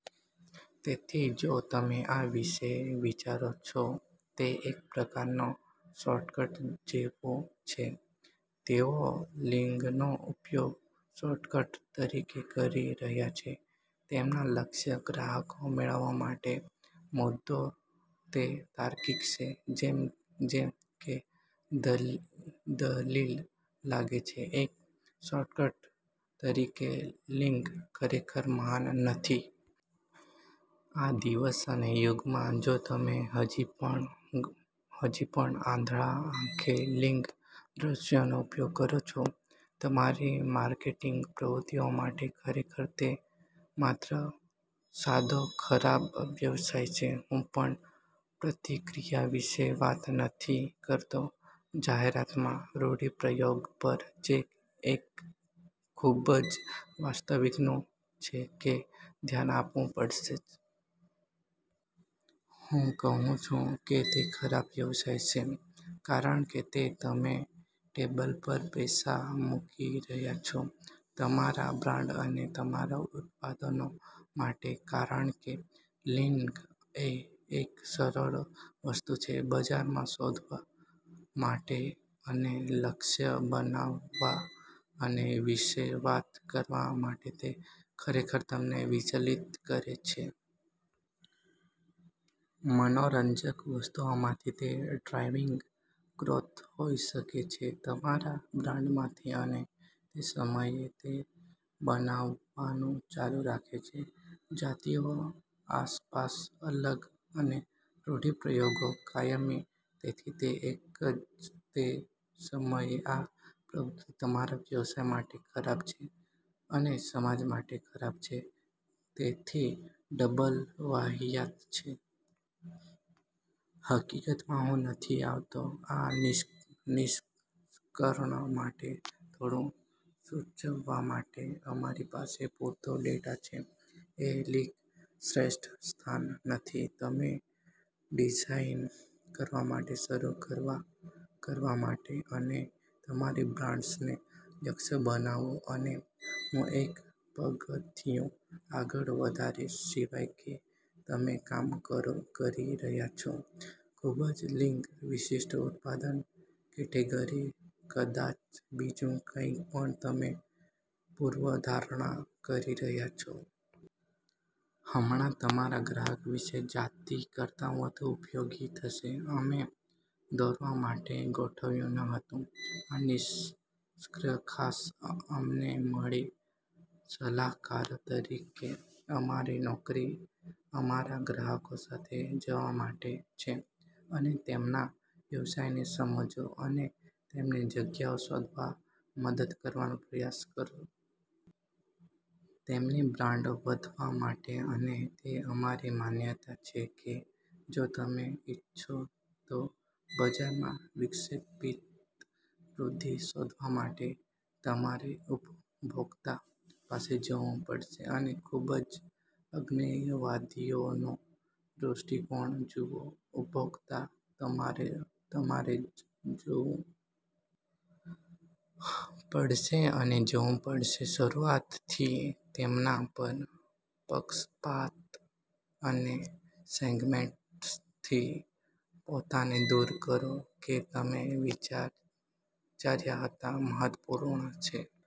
તેથી જો તમે આ વિશે વિચારો છો તે એક પ્રકારનો શોર્ટકટ જેવો છે. તેઓ લિંગનો ઉપયોગ શોર્ટકટ તરીકે કરી રહ્યાં છે, તેમના લક્ષ્ય ગ્રાહક મેળવવા માટે. મુદ્દો તે તાર્કિક છે જેમ કે દલીલ લાગે છે, એક શોર્ટકટ તરીકે લિંગ ખરેખર મહાન નથી. આ દિવસ અને યુગમાં, જો તમે હજી પણ આંધળા આંખે લિંગ દૃશ્યનો ઉપયોગ કરો છો તમારી માર્કેટિંગ પ્રવૃત્તિઓ માટે, ખરેખર તે માત્ર સાદો ખરાબ વ્યવસાય છે. હું પણ પ્રતિક્રિયા વિશે વાત નથી કરતો. જાહેરાતમાં રૂઢિપ્રયોગ પર, જે એક ખૂબ જ વાસ્તવિક વસ્તુ છે કે ધ્યાન આપવું પડશે. હું કહું છું કે તે ખરાબ વ્યવસાય છે, કારણ કે તમે ટેબલ પર પૈસા મૂકી રહ્યા છો તમારા બ્રાન્ડ અને તમારા ઉત્પાદનો માટે, કારણ કે લિંગ એ એક સરળ વસ્તુ છે. બજારમાં શોધવા માટે અને લક્ષ્ય બનાવવા અને વિશે વાત કરવા માટે તે ખરેખર તમને વિચલિત કરે છે. મનોરંજક વસ્તુઓમાંથી તે ડ્રાઇવિંગ ગ્રોથ હોઈ શકે છે, તમારા બ્રાન્ડ માંથી અને તે જ સમયે, તે બનાવવાનું ચાલુ રાખે છે .જાતિઓ આસપાસ અલગ અને રૂઢિપ્રયોગો કાયમી, તેથી તે જ સમયે આ પ્રવૃત્તિ તમારા વ્યવસાય માટે ખરાબ છે અને સમાજ માટે ખરાબ છે, તેથી ડબલ વાહિયાત છે. હકીકતમાં હું નથી આવતો આ નિષ્કર્ષ માટે થોડું સૂચવવા માટે અમારી પાસે પૂરતો ડેટા છે, તે લિંગ શ્રેષ્ઠ સ્થાન નથી. તમે ડિઝાઇન કરવા માટે શરૂ કરવા માટે અને તમારી બ્રાન્ડ્સને લક્ષ્ય બનાવો અને હું એક પગથિયું આગળ વધારીશ, સિવાય કે તમે કામ કરી રહ્યા છો ખૂબ જ લિંગ-વિશિષ્ટ ઉત્પાદન કેટેગરી, કદાચ બીજું કંઈપણ તમે પૂર્વધારણા કરી રહ્યા છો. હમણાં તમારા ગ્રાહક વિશે જાતિ કરતાં વધુ ઉપયોગી થશે. અમે દોરવા માટે ગોઠવ્યું ન હતું. આ નિષ્કર્ષ ખાસ અમને મળી સલાહકારો તરીકે, અમારી નોકરી અમારા ગ્રાહકો સાથે જવા માટે છે અને તેમના વ્યવસાયને સમજો અને તેમને જગ્યાઓ શોધવામાં મદદ કરવાનો પ્રયાસ કરો. તેમની બ્રાન્ડ વધવા માટે અને તે અમારી માન્યતા છે કે જો તમે ઇચ્છો તો બજારમાં વિક્ષેપિત વૃદ્ધિ શોધવા માટે, તમારે ઉપભોક્તા પાસે જવું પડશે અને ખૂબ જ અજ્ઞેયવાદીઓનો દૃષ્ટિકોણ જુઓ ઉપભોક્તા. તમારે જવું પડશે અને જોવું પડશે શરૂઆતથી તેમના પર પક્ષપાત અને સેગમેન્ટ્સથી પોતાને દૂર કરો કે તમે વિચાર્યા હતા મહત્વપૂર્ણ છે,